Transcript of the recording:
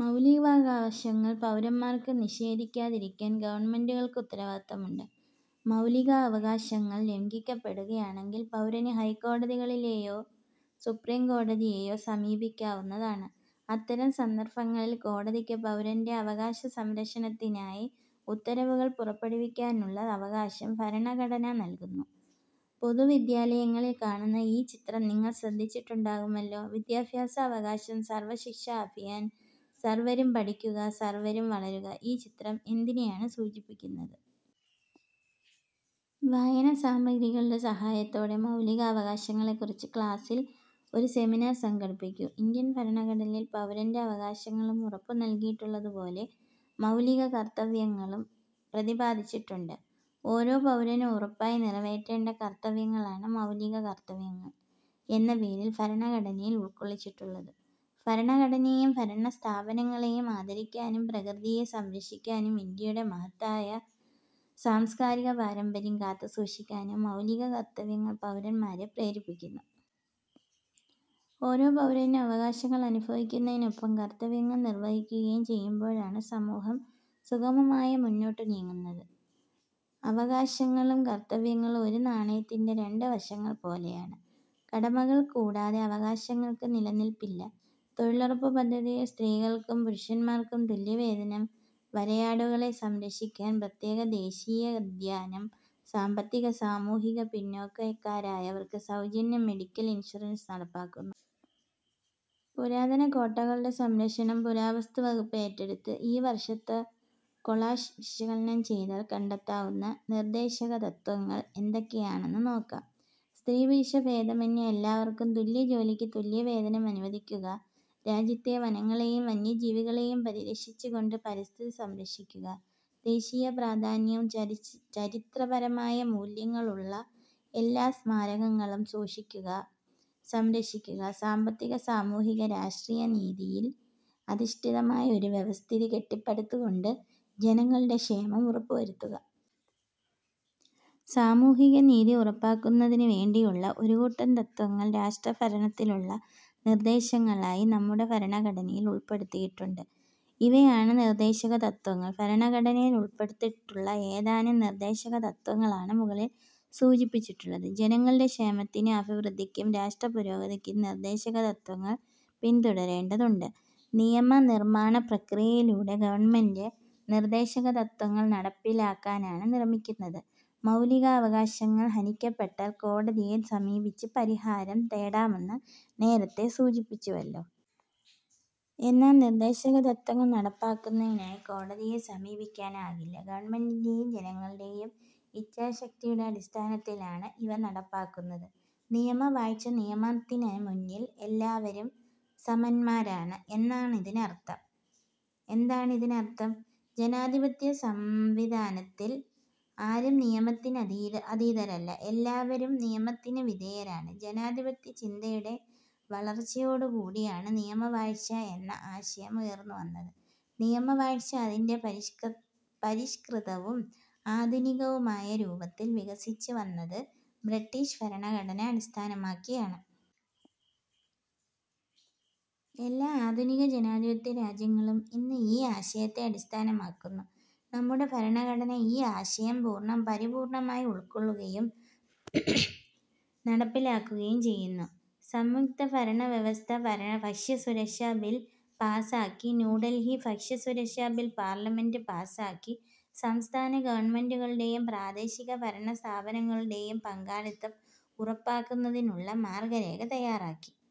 മൗലികാവകാശങ്ങൾ പൗരന്മാർക്ക് നിഷേധിക്കാതിരിക്കാൻ ഗവൺമെന്റുകൾക്ക് ഉത്തരവാദിത്വമുണ്ട്. മൗലികാവകാശങ്ങൾ ലംഘിക്കപ്പെടുകയാണങ്കിൽ പൗരന് ഹൈക്കോടതികളെയോ സുപ്രീം കോടതിയേയോ സമീപിക്കാവുന്നതാണ്. അത്തരം സന്ദർഭങ്ങളിൽ കോടതിക്ക് പൗരന്റെ അവകാശസംരക്ഷണത്തിനായി ഉത്തരവുകൾ പുറപ്പെടുവിക്കാനുള്ള അവകാശം ഭരണഘടന നൽകുന്നു. പൊതുവിദ്യാലയങ്ങളിൽ കാണുന്ന ഈ ചിത്രം നിങ്ങൾ ശ്രദ്ധിച്ചിട്ടുണ്ടാകുമല്ലോ. വിദ്യാഭ്യാസ അവകാശം- സർവ ശിക്ഷാ അഭിയാൻ- സർവരും പഠിക്കുക സർവരും വളരുക ഈ ചിത്രം എന്തിനെയാണ് സൂചിപ്പിക്കുന്നത്. വായനാസാമഗ്രികളുടെ സഹായത്തോടെ മൗലികാവകാശങ്ങളെക്കുറിച്ച് ക്ലാസിൽ ഒരു സെമിനാർ സംഘടിപ്പിക്കൂ. ഇന്ത്യൻ ഭരണഘടനയിൽ പൗരന്റെ അവകാശങ്ങൾ ഉറപ്പു നൽകിയിട്ടുള്ളതുപോലെ മൗലിക കർത്തവ്യങ്ങളും പ്രതിപാദിച്ചിട്ടുണ്ട്. ഓരോ പൗരനും ഉറപ്പായി നിറവേറ്റേണ്ട കർത്തവ്യങ്ങളാണ് മൗലിക കർത്തവ്യങ്ങൾ എന്ന പേരിൽ ഭരണഘടനയിൽ ഉൾക്കൊള്ളിച്ചിട്ടുള്ളത്. ഭരണഘടനയെയും ഭരണസ്ഥാപനങ്ങളെയും ആദരിക്കാനും പ്രകൃതിയെ സംരക്ഷിക്കാനും ഇന്ത്യയുടെ മഹത്തായ സാംസ്കാരിക പാരമ്പര്യം കാത്തുസൂക്ഷിക്കാനും മൗലിക കർത്തവ്യങ്ങൾ പൗരന്മാരെ പ്രേരിപ്പിക്കുന്നു. ഓരോ പൗരനും അവകാശങ്ങളനുഭവിക്കുന്നതിനൊപ്പം കർത്തവ്യങ്ങൾ നിർവഹിക്കുകയും ചെയ്യുമ്പോഴാണ് സമൂഹം സുഗമമായി മുന്നോട്ടു നീങ്ങുന്നത്. അവകാശങ്ങളും കർത്തവ്യങ്ങളും ഒരു നാണയത്തിന്റെ രണ്ട് വശങ്ങൾ പോലെയാണ്. കടമകൾ കൂടാതെ അവകാശങ്ങൾക്ക് നിലനില്പ്പില്ല. തൊഴിലുറപ്പ് പദ്ധതിയിൽ സ്ത്രീകൾക്കും പുരുഷൻമാർക്കും തുല്യവേതനം. വരയാടുകളെ സംരക്ഷിക്കാൻ പ്രത്യേക ദേശീയോദ്യാനം. സാമ്പത്തിക-സാമൂഹിക പിന്നോക്ക ക്കാരായവർക്ക് സൗജന്യ മെഡിക്കൽ ഇൻഷുറൻസ് നടപ്പാക്കുന്നു. പുരാതന കോട്ടകളുടെ സംരക്ഷണം പുരാവസ്തു വകുപ്പ് ഏറ്റെടുത്തു. ഈ വാർത്താകൊളാഷ് വിശകലനം ചെയ്താൽ കണ്ടെത്താവുന്ന നിർദ്ദേശകതത്ത്വങ്ങൾ ഏതൊക്കെയെന്ന് നോക്കാം. സ്ത്രീപുരുഷ ഭേദമെന്യേ എല്ലാവർക്കും തുല്യജോലിക്ക് തുല്യവേതനം അനുവദിക്കുക. രാജ്യത്തെ വനങ്ങളെയും വന്യജീവികളെയും പരിരക്ഷിച്ചുകൊണ്ട് പരിസ്ഥിതി സംരക്ഷിക്കുക. ദേശീയപ്രാധാന്യവും ചരിത്രപരമായ മൂല്യവുമുള്ള എല്ലാ സ്മാരകങ്ങളും സംരക്ഷിക്കുക. സാമ്പത്തിക, സാമൂഹിക, രാഷ്ട്രീയ നീതിയിൽ അധിഷ്ഠിതമായ ഒരു വ്യവസ്ഥിതി കെട്ടിപ്പടുത്തുകൊണ്ട് ജനങ്ങളുടെ ക്ഷേമം ഉറപ്പുവരുത്തുക. സാമൂഹ്യ നീതി ഉറപ്പാക്കുന്നതിനുവേണ്ടിയുള്ള ഒരു കൂട്ടം തത്ത്വങ്ങൾ രാഷ്ട്ര ഭരണത്തിനുള്ള നിർദേശങ്ങളായി നമ്മുടെ ഭരണഘടനയിൽ ഉൾപ്പെടുത്തിയിട്ടുണ്ട്. ഇവയാണ് നിർദ്ദേശകതത്ത്വങ്ങൾ. ഭരണഘടനയിൽ ഉൾപ്പെടുത്തിയിട്ടുള്ള ഏതാനും നിർദ്ദേശകതത്ത്വങ്ങളാണ് മുകളിൽ സൂചിപ്പിച്ചിട്ടുള്ളത്. ജനങ്ങളുടെ ക്ഷേമത്തിനും അഭിവൃദ്ധിക്കും രാഷ്ട്രപുരോഗതിക്കും നിർദ്ദേശകതത്ത്വങ്ങൾ പിൻതുടരേണ്ടതുണ്ട്. നിയമനിർമ്മാണപ്രക്രിയയിലൂടെ ഗവൺമെന്റ് നിർദ്ദേശകതത്ത്വങ്ങൾ നടപ്പിലാക്കാനാണ് ശ്രമിക്കുന്നത്. മൗലികാവകാശങ്ങൾ ഹനിക്കപ്പെട്ടാൽ കോടതിയെ സമീപിച്ച് പരിഹാരം തേടാമെന്ന് നേരത്തേ സൂചിപ്പിച്ചുവല്ലോ. എന്നാൽ നിർദ്ദേശകതത്ത്വങ്ങൾ നടപ്പാക്കുന്നതിനായി കോടതിയെ സമീപിക്കാനാകില്ല. ഗവൺമെന്റിന്റെയും ജനങ്ങളുടെയും ഇച്ഛാശക്തിയുടെ അടിസ്ഥാനത്തിലാണ് ഇവ നടപ്പാക്കപ്പെടുന്നത്. നിയമവാഴ്ച നിയമത്തിനുമുന്നിൽ എല്ലാവരും സമന്മാരാണ്. എന്താണിതിനർത്ഥം? ജനാധിപത്യ സംവിധാനത്തിൽ ആരും നിയമത്തിന് അതീതരല്ല. എല്ലാവരും നിയമത്തിനു വിധേയരാണ്. ജനാധിപത്യചിന്തയുടെ വളർച്ചയോടുകൂടിയാണ് നിയമവാഴ്ച എന്ന ആശയം ഉയർന്നുവന്നത്. നിയമവാഴ്ച അതിന്റെ പരിഷ്കൃതവും ആധുനികവുമായ രൂപത്തിൽ വികസിച്ചു വന്നത് ബ്രിട്ടീഷ് ഭരണഘടന അടിസ്ഥാനമാക്കിയാണ്. എല്ലാ ആധുനിക ജനാധിപത്യ രാജ്യങ്ങളും ഇന്ന് ഈ ആശയത്തെ അടിസ്ഥാനമാക്കുന്നു. നമ്മുടെ ഭരണഘടന ഈ ആശയം പരിപൂർണ്ണമായി ഉൾക്കൊള്ളുകയും നടപ്പിലാക്കുകയും ചെയ്യുന്നു. സംയുക്തഭരണവ്യവസ്ഥ ഭക്ഷ്യസുരക്ഷാ ബിൽ പാസ്സാക്കി. ന്യൂഡൽഹി: ഭക്ഷ്യസുരക്ഷാ ബിൽ പാർലമെന്റ് പാസ്സാക്കി. സംസ്ഥാന ഗവൺമെന്റുകളുടെയും പ്രാദേശിക ഭരണസ്ഥാപനങ്ങളുടെയും പങ്കാളിത്തം ഉറപ്പാക്കുന്നതിനുള്ള മാർഗ്ഗരേഖ തയ്യാറാക്കി.